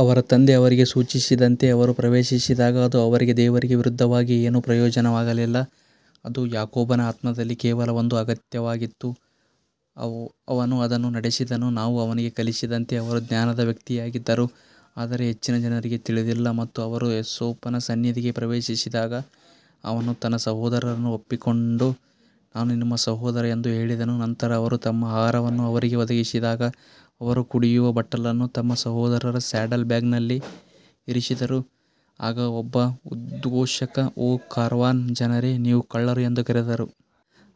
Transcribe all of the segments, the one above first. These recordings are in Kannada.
ಅವರ ತಂದೆ ಅವರಿಗೆ ಸೂಚಿಸಿದಂತೆ ಅವರು ಪ್ರವೇಶಿಸಿದಾಗ ಅದು ಅವರಿಗೆ ದೇವರಿಗೆ ವಿರುದ್ಧವಾಗಿ ಏನೂ ಪ್ರಯೋಜನವಾಗಲಿಲ್ಲ, ಅದು ಯಾಕೋಬನ ಆತ್ಮದಲ್ಲಿ ಕೇವಲ ಒಂದು ಅಗತ್ಯವಾಗಿತ್ತು, ಅವನು ಅದನ್ನು ನಡೆಸಿದನು ನಾವು ಅವನಿಗೆ ಕಲಿಸಿದಂತೆ ಅವರು ಜ್ಞಾನದ ವ್ಯಕ್ತಿಯಾಗಿದ್ದರು ಆದರೆ ಹೆಚ್ಚಿನ ಜನರಿಗೆ ತಿಳಿದಿಲ್ಲ. ಮತ್ತು ಅವರು ಯೋಸೇಫನ ಸನ್ನಿಧಿಗೆ ಪ್ರವೇಶಿಸಿದಾಗ ಅವನು ತನ್ನ ಸಹೋದರನನ್ನು ಅಪ್ಪಿಕೊಂಡು ನಾನು ನಿಮ್ಮ ಸಹೋದರ ಎಂದು ಹೇಳಿದನು ನಂತರ ಅವರು ತಮ್ಮ ಆಹಾರವನ್ನು ಅವರಿಗೆ ಒದಗಿಸಿದಾಗ ಅವರು ಕುಡಿಯುವ ಬಟ್ಟಲನ್ನು ತಮ್ಮ ಸಹೋದರರ ಸ್ಯಾಡಲ್ ಬ್ಯಾಗ್ನಲ್ಲಿ ಇರಿಸಿದರು ಆಗ ಒಬ್ಬ ಉದ್ಘೋಷಕ ಓ ಕಾರವಾನ್ ಜನರೇ ನೀವು ಕಳ್ಳರು ಎಂದು ಕರೆದರು.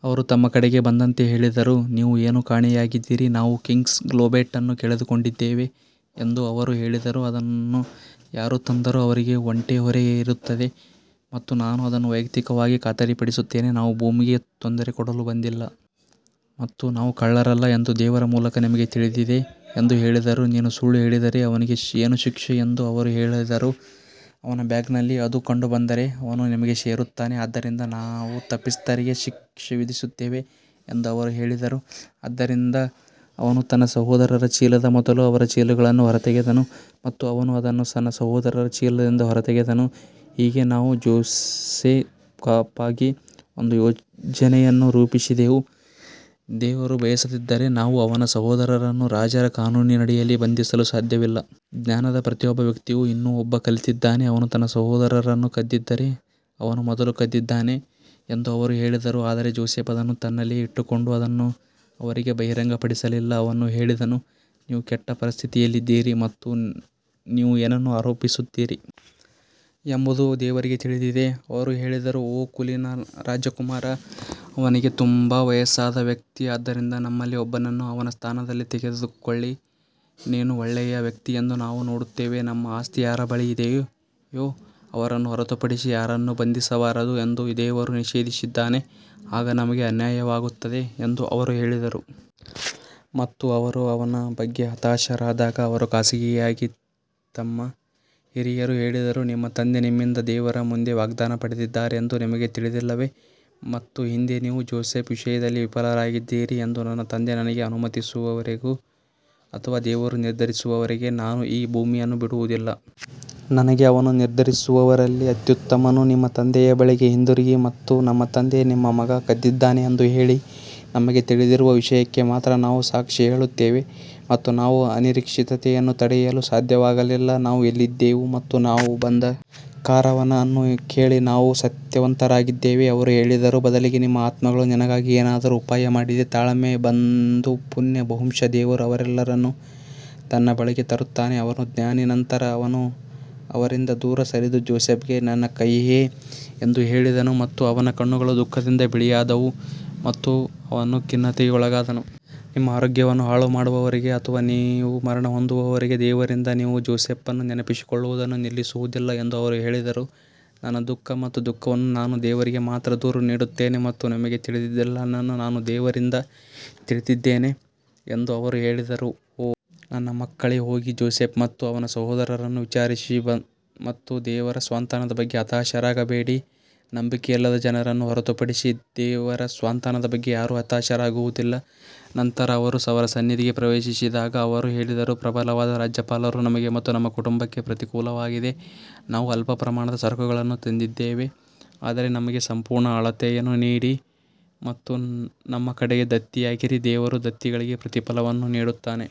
ಅವರು ತಮ್ಮ ಕಡೆಗೆ ಬಂದಂತೆ ಹೇಳಿದರು, ನೀವು ಏನು ಕಾಣೆಯಾಗಿದ್ದೀರಿ ನಾವು ಕಿಂಗ್ಸ್ ಗೋಬ್ಲೆಟ್ ಅನ್ನು ಕಳೆದುಕೊಂಡಿದ್ದೇವೆ ಎಂದು ಅವರು ಹೇಳಿದರು, ಅದನ್ನು ಯಾರು ತಂದರೂ ಅವರಿಗೆ ಒಂಟೆ ಹೊರೆ ಇರುತ್ತದೆ ಮತ್ತು ನಾನು ಅದನ್ನು ವೈಯಕ್ತಿಕವಾಗಿ ಖಾತರಿಪಡಿಸುತ್ತೇನೆ ನಾವು ಭೂಮಿಗೆ ತೊಂದರೆ ಕೊಡಲು ಬಂದಿಲ್ಲ ಮತ್ತು ನಾವು ಕಳ್ಳರಲ್ಲ ಎಂದು ದೇವರ ಮೂಲಕ ನಿಮಗೆ ತಿಳಿದಿದೆ ಎಂದು ಹೇಳಿದರು ನೀನು ಸುಳ್ಳು ಹೇಳಿದರೆ ಅವನಿಗೆ ಏನು ಶಿಕ್ಷೆ ಎಂದು ಅವರು ಹೇಳಿದರು ಅವನ ಬ್ಯಾಗ್ನಲ್ಲಿ ಅದು ಕಂಡುಬಂದರೆ ಅವನು ನಿಮಗೆ ಸೇರುತ್ತಾನೆ ಆದ್ದರಿಂದ ನಾವು ತಪ್ಪಿತಸ್ಥರಿಗೆ ಶಿಕ್ಷೆ ವಿಧಿಸುತ್ತೇವೆ ಎಂದು ಅವರು ಹೇಳಿದರು ಆದ್ದರಿಂದ ಅವನು ತನ್ನ ಸಹೋದರರ ಚೀಲದ ಮೊದಲು ಅವರ ಚೀಲಗಳನ್ನು ಹೊರತೆಗೆದನು ಮತ್ತು ಅವನು ಅದನ್ನು ತನ್ನ ಸಹೋದರರ ಚೀಲದಿಂದ ಹೊರತೆಗೆದನು, ಹೀಗೆ ನಾವು ಜೋಸೆಫ್ಗಾಗಿ ಒಂದು ಯೋಜನೆಯನ್ನು ರೂಪಿಸಿದೆವು, ದೇವರು ಬಯಸದಿದ್ದರೆ ನಾವು ಅವನ ಸಹೋದರನನ್ನು ರಾಜರ ಕಾನೂನಿನಡಿಯಲ್ಲಿ ಬಂಧಿಸಲು ಸಾಧ್ಯವಿಲ್ಲ. ಜ್ಞಾನದ ಪ್ರತಿಯೊಬ್ಬ ವ್ಯಕ್ತಿಯು ಇನ್ನೂ ಒಬ್ಬ ಕಲಿತಿದ್ದಾನೆ ಅವನು ತನ್ನ ಸಹೋದರನನ್ನು ಕದ್ದಿದ್ದರೆ ಅವನು ಮೊದಲು ಕದ್ದಿದ್ದಾನೆ ಎಂದು ಅವರು ಹೇಳಿದರು ಆದರೆ ಜೋಸೆಫ್ ಅದನ್ನು ತನ್ನಲ್ಲಿಯೇ ಇಟ್ಟುಕೊಂಡು ಅದನ್ನು ಅವರಿಗೆ ಬಹಿರಂಗಪಡಿಸಲಿಲ್ಲ ಅವನು ಹೇಳಿದನು ನೀವು ಕೆಟ್ಟ ಪರಿಸ್ಥಿತಿಯಲ್ಲಿದ್ದೀರಿ ಮತ್ತು ನೀವು ಏನನ್ನು ಆರೋಪಿಸುತ್ತೀರಿ ಎಂಬುದು ದೇವರಿಗೆ ತಿಳಿದಿದೆ ಅವರು ಹೇಳಿದರು ಓ ಕುಲೀನ ರಾಜಕುಮಾರ ಅವನಿಗೆ ತಂದೆ ತುಂಬಾ ವಯಸ್ಸಾದ ವ್ಯಕ್ತಿ, ಆದ್ದರಿಂದ ನಮ್ಮಲ್ಲಿ ಒಬ್ಬನನ್ನು ಅವನ ಸ್ಥಾನದಲ್ಲಿ ತೆಗೆದುಕೊಳ್ಳಿ ನೀನು ಒಳ್ಳೆಯ ವ್ಯಕ್ತಿ ಎಂದು ನಾವು ನೋಡುತ್ತೇವೆ ನಮ್ಮ ಆಸ್ತಿ ಯಾರ ಬಳಿ ಇದೆಯೋ ಅವರನ್ನು ಹೊರತುಪಡಿಸಿ ಯಾರನ್ನೂ ಬಂಧಿಸಬಾರದು ಎಂದು ದೇವರು ನಿಷೇಧಿಸಿದ್ದಾನೆ, ಆಗ ನಮಗೆ ಅನ್ಯಾಯವಾಗುತ್ತದೆ ಎಂದು ಅವರು ಹೇಳಿದರು. ಮತ್ತು ಅವರು ಅವನ ಬಗ್ಗೆ ಹತಾಶರಾದಾಗ ಅವರು ಖಾಸಗಿಯಾಗಿ ತಮ್ಮ ಹಿರಿಯರು ಹೇಳಿದರು, ನಿಮ್ಮ ತಂದೆ ನಿಮ್ಮಿಂದ ದೇವರ ಮುಂದೆ ವಾಗ್ದಾನ ಪಡೆದಿದ್ದಾರೆಂದು ನಿಮಗೆ ತಿಳಿದಿಲ್ಲವೇ ಮತ್ತು ಹಿಂದೆ ನೀವು ಜೋಸೆಫ್ ವಿಷಯದಲ್ಲಿ ವಿಫಲರಾಗಿದ್ದೀರಿ ಎಂದು ನನ್ನ ತಂದೆ ನನಗೆ ಅನುಮತಿಸುವವರೆಗೆ ಅಥವಾ ದೇವರು ನಿರ್ಧರಿಸುವವರೆಗೆ ನಾನು ಈ ಭೂಮಿಯನ್ನು ಬಿಡುವುದಿಲ್ಲ. ನನಗೆ ಅವನು ನಿರ್ಧರಿಸುವವರಲ್ಲಿ ಅತ್ಯುತ್ತಮನು ನಿಮ್ಮ ತಂದೆಯ ಬಳಿಗೆ ಹಿಂತಿರುಗಿ ಮತ್ತು ನಮ್ಮ ತಂದೆ ನಿಮ್ಮ ಮಗ ಕದ್ದಿದ್ದಾನೆ ಎಂದು ಹೇಳಿ, ನಮಗೆ ತಿಳಿದಿರುವ ವಿಷಯಕ್ಕೆ ಮಾತ್ರ ನಾವು ಸಾಕ್ಷಿ ಹೇಳುತ್ತೇವೆ ಮತ್ತು ನಾವು ಅನಿರೀಕ್ಷಿತತೆಯನ್ನು ತಡೆಯಲು ಸಾಧ್ಯವಾಗಲಿಲ್ಲ. ನಾವು ಎಲ್ಲಿದ್ದೆವು ಮತ್ತು ನಾವು ಬಂದ ಕಾರವಾನ್ ಅನ್ನು ಕೇಳಿ ನಾವು ಸತ್ಯವಂತರಾಗಿದ್ದೇವೆ ಅವರು ಹೇಳಿದರು ಬದಲಿಗೆ ನಿಮ್ಮ ಆತ್ಮಗಳು ನಿನಗಾಗಿ ಏನಾದರೂ ಉಪಾಯ ಮಾಡಿದೆ ತಾಳ್ಮೆ ಒಂದು ಪುಣ್ಯ ಬಹುಶಃ ದೇವರು ಅವರೆಲ್ಲರನ್ನೂ ನನ್ನ ಬಳಿಗೆ ತರುತ್ತಾನೆ ಅವನು ಜ್ಞಾನಿ ನಂತರ ಅವನು ಅವರಿಂದ ದೂರ ಸರಿದು ಜೋಸೆಫ್ಗೆ ನನ್ನ ಕಹಿಯೇ ಎಂದು ಹೇಳಿದನು ಮತ್ತು ಅವನ ಕಣ್ಣುಗಳು ದುಃಖದಿಂದ ಬಿಳಿಯಾದವು ಮತ್ತು ಅವನು ಖಿನ್ನತೆಗೆ ಒಳಗಾದನು. ನಿಮ್ಮ ಆರೋಗ್ಯವನ್ನು ಹಾಳುಮಾಡುವವರೆಗೆ ಅಥವಾ ನೀವು ಮರಣಹೊಂದುವವರೆಗೆ ದೇವರಿಂದ ನೀವು ಜೋಸೆಫ್ನನ್ನು ನೆನಪಿಸಿಕೊಳ್ಳುವುದನ್ನು ನಿಲ್ಲಿಸುವುದಿಲ್ಲ ಎಂದು ಅವರು ಹೇಳಿದರು ನನ್ನ ದುಃಖ ಮತ್ತು ದುಃಖವನ್ನು ನಾನು ದೇವರಿಗೆ ಮಾತ್ರ ದೂರು ನೀಡುತ್ತೇನೆ ಮತ್ತು ನಿಮಗೆ ತಿಳಿದಿಲ್ಲದ್ದನ್ನು ನಾನು ದೇವರಿಂದ ತಿಳಿದಿದ್ದೇನೆ ಎಂದು ಅವರು ಹೇಳಿದರು ಓ ನನ್ನ ಮಕ್ಕಳೇ ಹೋಗಿ ಜೋಸೆಫ್ ಮತ್ತು ಅವನ ಸಹೋದರನನ್ನು ವಿಚಾರಿಸಿ ಮತ್ತು ದೇವರ ಸಾಂತ್ವನದ ಬಗ್ಗೆ ಹತಾಶರಾಗಬೇಡಿ, ನಂಬಿಕೆಯಿಲ್ಲದ ಜನರನ್ನು ಹೊರತುಪಡಿಸಿ ದೇವರ ಸಾಂತ್ವನದ ಬಗ್ಗೆ ಯಾರೂ ಹತಾಶರಾಗುವುದಿಲ್ಲ ನಂತರ ಅವರು ಅವನ ಸನ್ನಿಧಿಗೆ ಪ್ರವೇಶಿಸಿದಾಗ ಅವರು ಹೇಳಿದರು ಪ್ರಬಲವಾದ ರಾಜ್ಯಪಾಲರು ನಮಗೆ ಮತ್ತು ನಮ್ಮ ಕುಟುಂಬಕ್ಕೆ ಪ್ರತಿಕೂಲವಾಗಿದೆ ನಾವು ಅಲ್ಪ ಪ್ರಮಾಣದ ಸರಕುಗಳನ್ನು ತಂದಿದ್ದೇವೆ ಆದರೆ ನಮಗೆ ಸಂಪೂರ್ಣ ಅಳತೆಯನ್ನು ನೀಡಿ ಮತ್ತು ನಮ್ಮ ಕಡೆಗೆ ದತ್ತಿಯಾಗಿರಿ ದೇವರು ದತ್ತಿಗಳಿಗೆ ಪ್ರತಿಫಲವನ್ನು ನೀಡುತ್ತಾನೆ.